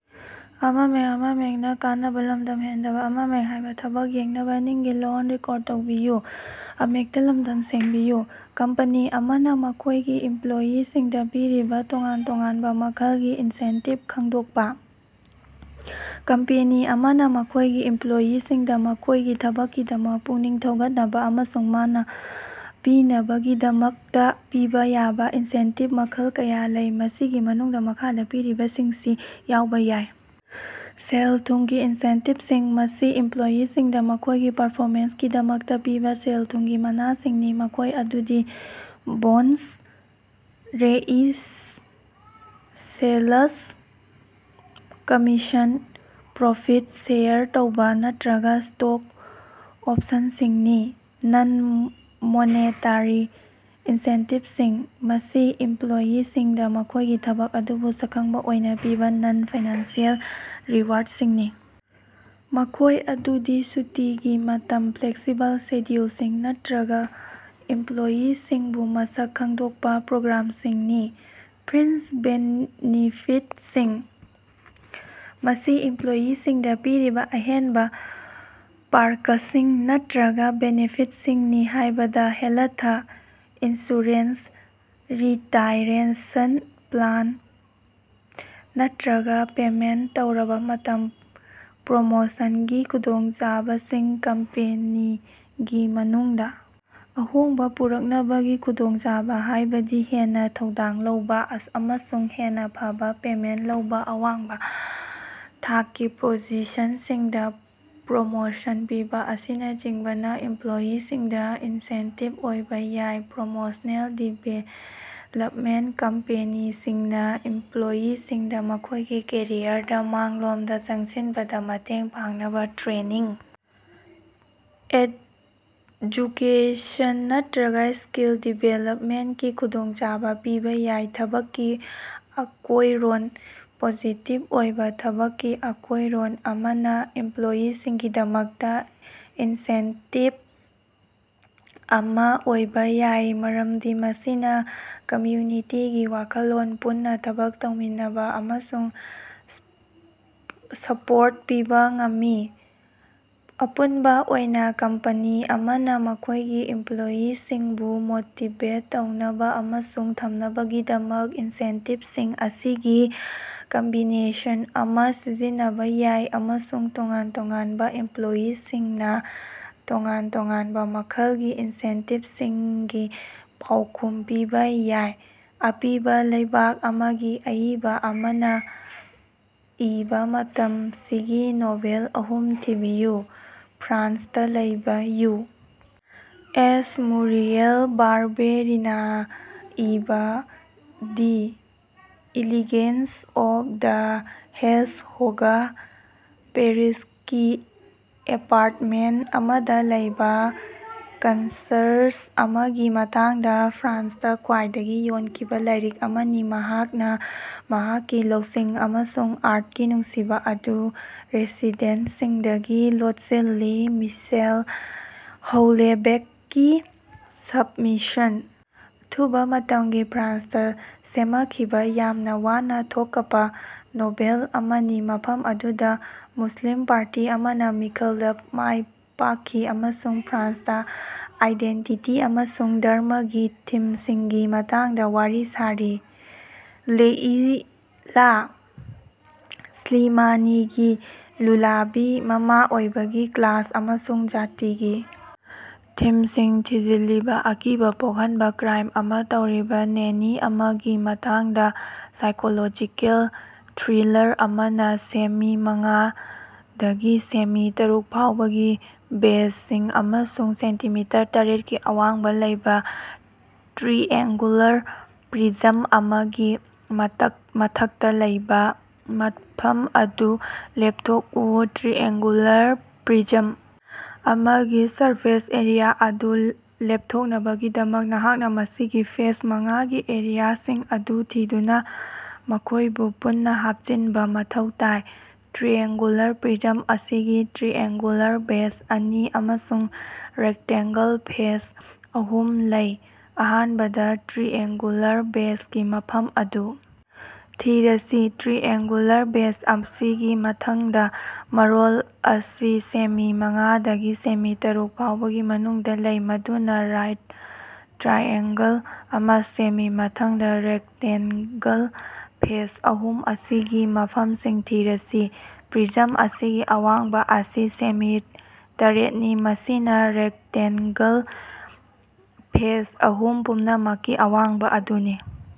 Company ꯑꯃꯅꯥ ꯃꯈꯣꯏꯒꯤ ꯏꯝꯄ꯭ꯂꯣꯌꯤꯁꯤꯡꯗꯥ ꯄꯤꯔꯤꯕꯥ ꯇꯣꯉꯥꯟ ꯇꯣꯉꯥꯟꯕꯥ ꯃꯈꯜꯒꯤ ꯏꯟꯁꯦꯟꯇꯤꯚꯁꯤꯡ ꯈꯪꯗꯣꯛꯄꯥ꯫ ꯀꯝꯄꯦꯅꯤ ꯑꯃꯅꯥ ꯃꯈꯣꯏꯒꯤ ꯏꯝꯄ꯭ꯂꯣꯌꯤꯁꯤꯡꯗꯥ ꯃꯈꯣꯏꯒꯤ ꯊꯕꯛꯀꯤꯗꯃꯛ ꯄꯨꯛꯅꯤꯡ ꯊꯧꯒꯠꯅꯕꯥ ꯑꯃꯁꯨꯡ ꯃꯅꯥ ꯄꯤꯅꯕꯒꯤꯗꯃꯛꯇꯥ ꯄꯤꯕꯥ ꯌꯥꯕꯥ ꯏꯟꯁꯦꯟꯇꯤꯕ ꯃꯈꯜ ꯀꯌꯥ ꯂꯩ꯫ ꯃꯁꯤꯒꯤ ꯃꯅꯨꯡꯗꯥ ꯃꯈꯥꯗꯥ ꯄꯤꯔꯤꯕꯁꯤꯡꯁꯤ ꯌꯥꯎꯕꯥ ꯌꯥꯏ: ꯁꯦꯜ-ꯊꯨꯝꯒꯤ ꯏꯟꯁꯦꯟꯇꯤꯚꯁꯤꯡ ꯃꯁꯤ ꯏꯝꯄ꯭ꯂꯣꯌꯤꯁꯤꯡꯗꯥ ꯃꯈꯣꯏꯒꯤ ꯄꯔꯐꯣꯃꯦꯟꯁꯀꯤꯗꯃꯛꯇꯥ ꯄꯤꯕꯥ ꯁꯦꯜ-ꯊꯨꯝꯒꯤ ꯃꯅꯥꯁꯤꯡꯅꯤ ꯃꯈꯣꯏ ꯑꯗꯨꯗꯤ bonus raise sales commission profit share ꯇꯧꯕ ꯅꯠꯇ꯭ꯔꯒꯥ ꯁ꯭ꯇꯣꯛ ꯑꯣꯞꯁꯟꯁꯤꯡꯅꯤ꯫ ꯅꯟ-ꯃꯣꯅꯦꯇꯥꯔꯤ ꯏꯟꯁꯦꯟꯇꯤꯚꯁꯤꯡ: ꯃꯁꯤ ꯏꯝꯄ꯭ꯂꯣꯌꯤꯁꯤꯡꯗꯥ ꯃꯈꯣꯏꯒꯤ ꯊꯕꯛ ꯑꯗꯨꯕꯨ ꯁꯛꯈꯪꯕꯥ ꯑꯣꯏꯅꯥ ꯄꯤꯕꯥ ꯅꯟ-ꯐꯥꯏꯅꯥꯟꯁꯤꯑꯦꯜ ꯔꯤꯋꯥꯔꯗꯁꯤꯡꯅꯤ ꯃꯈꯣꯏ ꯑꯗꯨꯗꯤ ꯁꯨꯇꯤꯒꯤ ꯃꯇꯝ ꯐ꯭ꯂꯦꯛꯁꯤꯕꯜ ꯁꯦꯗ꯭ꯌꯨꯜꯁꯤꯡ ꯅꯠꯇ꯭ꯔꯒꯥ ꯏꯝꯄ꯭ꯂꯣꯌꯤꯁꯤꯡꯕꯨ ꯃꯁꯛ ꯈꯪꯗꯣꯛꯄꯥ ꯄ꯭ꯔꯣꯒ꯭ꯔꯥꯝꯁꯤꯡꯅꯤ꯫ ꯐ꯭ꯔꯤꯟꯖ ꯕꯦꯅꯤꯐꯤꯇꯁꯤꯡ: ꯃꯁꯤ ꯏꯝꯄ꯭ꯂꯣꯌꯤꯁꯤꯡꯗꯥ ꯄꯤꯔꯤꯕꯥ ꯑꯍꯦꯟꯕꯥ ꯄꯥꯔꯀꯁꯤꯡ ꯅꯠꯇ꯭ꯔꯒꯥ ꯕꯦꯅꯤꯐꯤꯠꯁꯤꯡꯅꯤ ꯍꯥꯏꯕꯗꯤ ꯍꯦꯂꯊ ꯏꯟꯁꯨꯔꯦꯟꯁ ꯔꯤꯇꯥꯏꯔꯦꯁꯟ ꯄ꯭ꯂꯥꯟ ꯅꯠꯇ꯭ꯔꯒꯥ ꯄꯦꯃꯦꯟꯠ ꯇꯧꯔꯕꯥ ꯃꯇꯝ꯫ ꯄ꯭ꯔꯣꯃꯣꯁꯟꯒꯤ ꯈꯨꯗꯣꯡꯆꯥꯕꯁꯤꯡ: ꯀꯝꯄꯦꯅꯤꯒꯤ ꯃꯅꯨꯡꯗꯥ ꯑꯍꯣꯡꯕꯥ ꯄꯨꯔꯛꯅꯕꯒꯤ ꯈꯨꯗꯣꯡꯆꯥꯕꯥ ꯍꯥꯏꯕꯗꯤ ꯍꯦꯟꯅꯥ ꯊꯧꯗꯥꯡ ꯂꯧꯕꯥ ꯑꯃꯁꯨꯡ ꯍꯦꯟꯅꯥ ꯐꯕꯥ ꯄꯦꯃꯦꯟꯠ ꯂꯩꯕꯥ ꯑꯋꯥꯡꯕꯥ ꯊꯥꯛꯀꯤ ꯄꯣꯖꯤꯁꯟꯁꯤꯡꯗꯥ ꯄ꯭ꯔꯣꯃꯣꯁꯟ ꯄꯤꯕꯥ ꯑꯁꯤꯅꯆꯤꯡꯕꯅꯥ ꯏꯝꯄ꯭ꯂꯣꯌꯤꯁꯤꯡꯗꯥ ꯏꯟꯁꯦꯟꯇꯤꯕ ꯑꯣꯏꯕꯥ ꯌꯥꯏ꯫ ꯄ꯭ꯔꯣꯐꯦꯁ꯭ꯅꯦꯜ ꯗꯤꯕꯦꯂꯞꯃꯦꯟꯠ: ꯀꯝꯄꯦꯅꯤꯁꯤꯡꯅꯥ ꯏꯝꯄ꯭ꯂꯣꯌꯤꯁꯤꯡꯗꯥ ꯃꯈꯣꯏꯒꯤ ꯀꯦꯔꯤꯌꯔꯗꯥ ꯃꯥꯡꯂꯣꯝꯗꯥ ꯆꯪꯁꯤꯟꯕꯗꯥ ꯃꯇꯦꯡ ꯄꯥꯡꯅꯕꯥ ꯇ꯭ꯔꯦꯅꯤꯡ ꯑꯦꯖꯨꯀꯦꯁꯟ ꯅꯠꯇ꯭ꯔꯒꯥ ꯁ꯭ꯀꯤꯜ ꯗꯤꯕꯦꯂꯞꯃꯦꯟꯠꯀꯤ ꯈꯨꯗꯣꯡꯆꯥꯕꯥ ꯄꯤꯕꯥ ꯌꯥꯏ꯫ ꯊꯕꯛꯀꯤ ꯑꯀꯣꯏꯔꯣꯟ: ꯄꯣꯖꯤꯇꯤꯚ ꯑꯣꯏꯕꯥ ꯊꯕꯛꯀꯤ ꯑꯀꯣꯏꯔꯣꯟ ꯑꯃꯅꯥ ꯏꯝꯄ꯭ꯂꯣꯌꯤꯁꯤꯡꯒꯤꯗꯃꯛꯇꯥ ꯏꯟꯁꯦꯟꯇꯤꯚ ꯑꯃꯥ ꯑꯣꯏꯕꯥ ꯌꯥꯏ ꯃꯔꯝꯗꯤ ꯃꯁꯤꯅꯥ ꯀꯃ꯭ꯌꯨꯅꯤꯇꯤꯒꯤ ꯋꯥꯈꯜꯂꯣꯟ ꯄꯨꯟꯅꯥ ꯊꯕꯛ ꯇꯧꯃꯤꯟꯅꯕꯥ ꯑꯃꯁꯨꯡ ꯁꯄꯣꯔꯠ ꯄꯤꯕꯥ ꯉꯝꯃꯤ꯫ ꯑꯄꯨꯟꯕꯥ ꯑꯣꯏꯅꯥ ꯀꯝꯄꯅꯤ ꯑꯃꯅꯥ ꯃꯈꯣꯏꯒꯤ ꯏꯝꯄ꯭ꯂꯣꯌꯤꯁꯤꯡꯕꯨ ꯃꯣꯇꯤꯚꯦꯠ ꯇꯧꯅꯕꯥ ꯑꯃꯁꯨꯡ ꯊꯝꯅꯕꯒꯤꯗꯃꯛ ꯏꯟꯁꯦꯟꯇꯤꯚꯁꯤꯡ ꯑꯁꯤꯒꯤ ꯀꯝꯕꯤꯅꯦꯁꯟ ꯑꯃꯥ ꯁꯤꯖꯤꯟꯅꯕꯥ ꯌꯥꯏ ꯑꯃꯁꯨꯡ ꯇꯣꯉꯥꯟ ꯇꯣꯉꯥꯟꯕꯥ ꯏꯝꯄ꯭ꯂꯣꯌꯤꯁꯤꯡꯅꯥ ꯇꯣꯉꯥꯟ ꯇꯣꯉꯥꯟꯕꯥ ꯃꯈꯜꯒꯤ ꯏꯟꯁꯦꯟꯇꯤꯚꯁꯤꯡꯒꯤ ꯄꯥꯎꯈꯨꯝ ꯄꯤꯕꯥ ꯌꯥꯏ꯫ ꯑꯄꯤꯕꯥ ꯂꯩꯕꯥꯛ ꯑꯃꯒꯤ ꯑꯏꯕꯥ ꯑꯃꯅꯥ ꯏꯕꯥ ꯃꯇꯝꯁꯤꯒꯤ ꯅꯣꯚꯦꯜ ꯑꯍꯨꯝ ꯊꯤꯕꯤꯌꯨ꯫ ꯐ꯭ꯔꯥꯟꯁꯇꯥ ꯂꯩꯕꯥ ꯌꯨ. ꯑꯦꯁ ꯃꯨꯔꯤꯑꯦꯜ ꯕꯥꯔꯕꯦꯔꯤꯅꯥ ꯏꯕꯥ the elegance of the hedgehog ꯄꯦꯔꯤꯁꯀꯤ ꯑꯦꯄꯥꯔꯠꯃꯦꯟꯠ ꯑꯃꯗꯥ ꯂꯩꯕꯥ ꯀꯟꯁꯔꯖ ꯑꯃꯒꯤ ꯃꯇꯥꯡꯗꯥ ꯐ꯭ꯔꯥꯟꯁꯇꯥ ꯈ꯭ꯋꯥꯏꯗꯒꯤ ꯌꯣꯟꯈꯤꯕꯥ ꯂꯥꯏꯔꯤꯛ ꯑꯃꯅꯤ ꯃꯍꯥꯛꯅꯥ ꯃꯍꯥꯛꯀꯤ ꯂꯧꯁꯤꯡ ꯑꯃꯁꯨꯡ ꯑꯥꯔꯠꯀꯤ ꯅꯨꯡꯁꯤꯕꯥ ꯑꯗꯨ ꯔꯦꯁꯤꯗꯦꯟꯠꯁꯤꯡꯗꯒꯤ ꯂꯣꯠꯁꯤꯜꯂꯤ꯫ ꯃꯤꯁꯦꯜ ꯍꯧꯂꯦꯕꯦꯛꯀꯤ ꯁꯕꯃꯤꯁꯟ ꯑꯊꯨꯕꯥ ꯃꯇꯝꯒꯤ ꯐ꯭ꯔꯥꯟꯁꯇꯥ ꯁꯦꯃꯈꯤꯕꯥ ꯌꯥꯝꯅꯥ ꯋꯥꯅꯥ ꯊꯣꯀꯄꯥ ꯅꯣꯚꯦꯜ ꯑꯃꯅꯤ ꯃꯐꯝ ꯑꯗꯨꯗꯥ ꯃꯨꯁꯂꯤꯝ ꯄꯥꯔꯇꯤ ꯑꯃꯅꯥ ꯃꯤꯈꯜꯗꯥ ꯃꯥꯏꯄꯥꯛꯈꯤ ꯑꯃꯁꯨꯡ ꯐ꯭ꯔꯥꯟꯁꯇꯥ ꯑꯥꯏꯗꯦꯟꯇꯤꯇꯤ ꯑꯃꯁꯨꯡ ꯙꯔꯝꯃꯒꯤ ꯊꯤꯝꯁꯤꯡꯒꯤ ꯃꯇꯥꯡꯗꯥ ꯋꯥꯔꯤ ꯁꯥꯔꯤ꯫ ꯂꯦꯏꯂꯥ ꯁ꯭ꯂꯤꯃꯥꯅꯤꯒꯤ ꯂꯨꯂꯥꯕꯤ ꯃꯃꯥ ꯑꯣꯏꯕꯒꯤ ꯀ꯭ꯂꯥꯁ ꯑꯃꯁꯨꯡ ꯖꯥꯇꯤꯒꯤ ꯊꯤꯝꯁꯤꯡ ꯊꯤꯖꯤꯜꯂꯤꯕꯥ ꯑꯀꯤꯕꯥ ꯄꯣꯛꯍꯟꯕꯥ ꯀ꯭ꯔꯥꯏꯝ ꯑꯃꯥ ꯇꯧꯔꯤꯕꯥ ꯅꯦꯅꯤ ꯑꯃꯒꯤ ꯃꯇꯥꯡꯗꯥ ꯁꯥꯏꯀꯣꯂꯣꯖꯤꯀꯦꯜ ꯊ꯭ꯔꯤꯂꯥꯔ ꯑꯃꯅꯤ꯫ ꯁꯦꯃꯤ ꯃꯉꯥꯗꯒꯤ ꯁꯦꯃꯤ ꯇꯔꯨꯛꯐꯥꯎꯕꯒꯤ ꯕꯦꯖꯁꯤꯡ ꯑꯃꯁꯨꯡ ꯁꯦꯟꯇꯤꯃꯤꯇꯔ ꯇꯔꯦꯠꯀꯤ ꯑꯋꯥꯡꯕꯥ ꯂꯩꯕꯥ ꯇ꯭ꯔꯤꯑꯦꯡꯒꯨꯂꯥꯔ ꯄ꯭ꯔꯤꯖꯝ ꯑꯃꯒꯤ ꯃꯊꯛꯇꯥ ꯂꯩꯕꯥ ꯃꯐꯝ ꯑꯗꯨ ꯂꯦꯞꯊꯣꯛꯎ꯫ ꯇ꯭ꯔꯤꯑꯦꯡꯒꯨꯂꯥꯔ ꯄ꯭ꯔꯤꯖꯝ ꯑꯃꯒꯤ ꯁꯔꯐꯦꯁ ꯑꯦꯔꯤꯌꯥ ꯑꯗꯨ ꯂꯦꯞꯊꯣꯛꯅꯕꯒꯤꯗꯃꯛ ꯅꯍꯥꯛꯅꯥ ꯃꯁꯤꯒꯤ ꯐꯦꯁ ꯃꯉꯥꯒꯤ ꯑꯦꯔꯤꯌꯥꯁꯤꯡ ꯑꯗꯨ ꯊꯤꯗꯨꯅꯥ ꯃꯈꯣꯏꯕꯨ ꯄꯨꯟꯅꯥ ꯍꯥꯞꯆꯤꯟꯕꯥ ꯃꯊꯧ ꯇꯥꯏ꯫ ꯇ꯭ꯔꯤꯑꯦꯡꯒꯨꯂꯥꯔ ꯄ꯭ꯔꯤꯖꯝ ꯑꯁꯤꯒꯤ ꯇ꯭ꯔꯤꯑꯦꯡꯒꯨꯂꯥꯔ ꯕꯦꯖ ꯑꯅꯤ ꯑꯃꯁꯨꯡ ꯔꯦꯛꯇꯦꯟꯒꯜ ꯐꯦꯁ ꯑꯍꯨꯝ ꯂꯩ꯫ ꯑꯍꯥꯟꯕꯗꯥ ꯇ꯭ꯔꯤꯑꯦꯡꯒꯨꯂꯥꯔ ꯕꯦꯖꯒꯤ ꯃꯐꯝ ꯑꯗꯨ ꯊꯤꯔꯁꯤ꯫ ꯇ꯭ꯔꯤꯑꯦꯡꯒꯨꯂꯥꯔ ꯕꯦꯖ ꯑꯁꯤꯒꯤ ꯃꯄꯥꯟꯊꯪꯕꯥ ꯃꯔꯣꯜ ꯑꯁꯤ ꯁꯦꯃꯤ ꯃꯉꯥꯗꯒꯤ ꯁꯦꯃꯤ ꯇꯔꯨꯛ ꯐꯥꯎꯕꯒꯤ ꯃꯅꯨꯡꯗꯥ ꯂꯩ ꯃꯗꯨꯅꯥ ꯔꯥꯏꯠ ꯇ꯭ꯔꯥꯏꯑꯦꯡꯒꯜ ꯑꯃꯥ ꯁꯦꯝꯃꯤ꯫ ꯃꯊꯪꯗꯥ ꯔꯦꯛꯇꯦꯟꯒꯜ ꯐꯦꯁ ꯑꯍꯨꯝ ꯑꯁꯤꯒꯤ ꯃꯐꯝꯁꯤꯡ ꯊꯤꯔꯁꯤ꯫ ꯄ꯭ꯔꯤꯖꯝ ꯑꯁꯤꯒꯤ ꯑꯋꯥꯡꯕꯥ ꯑꯁꯤ ꯁꯦꯃꯤ ꯇꯔꯦꯠꯅꯤ ꯃꯁꯤꯅꯥ ꯔꯦꯛꯇꯦꯟꯒꯜ ꯐꯦꯁ ꯑꯍꯨꯝ ꯄꯨꯝꯅꯃꯛꯀꯤ ꯑꯋꯥꯡꯕꯥ ꯑꯗꯨꯅꯤ꯫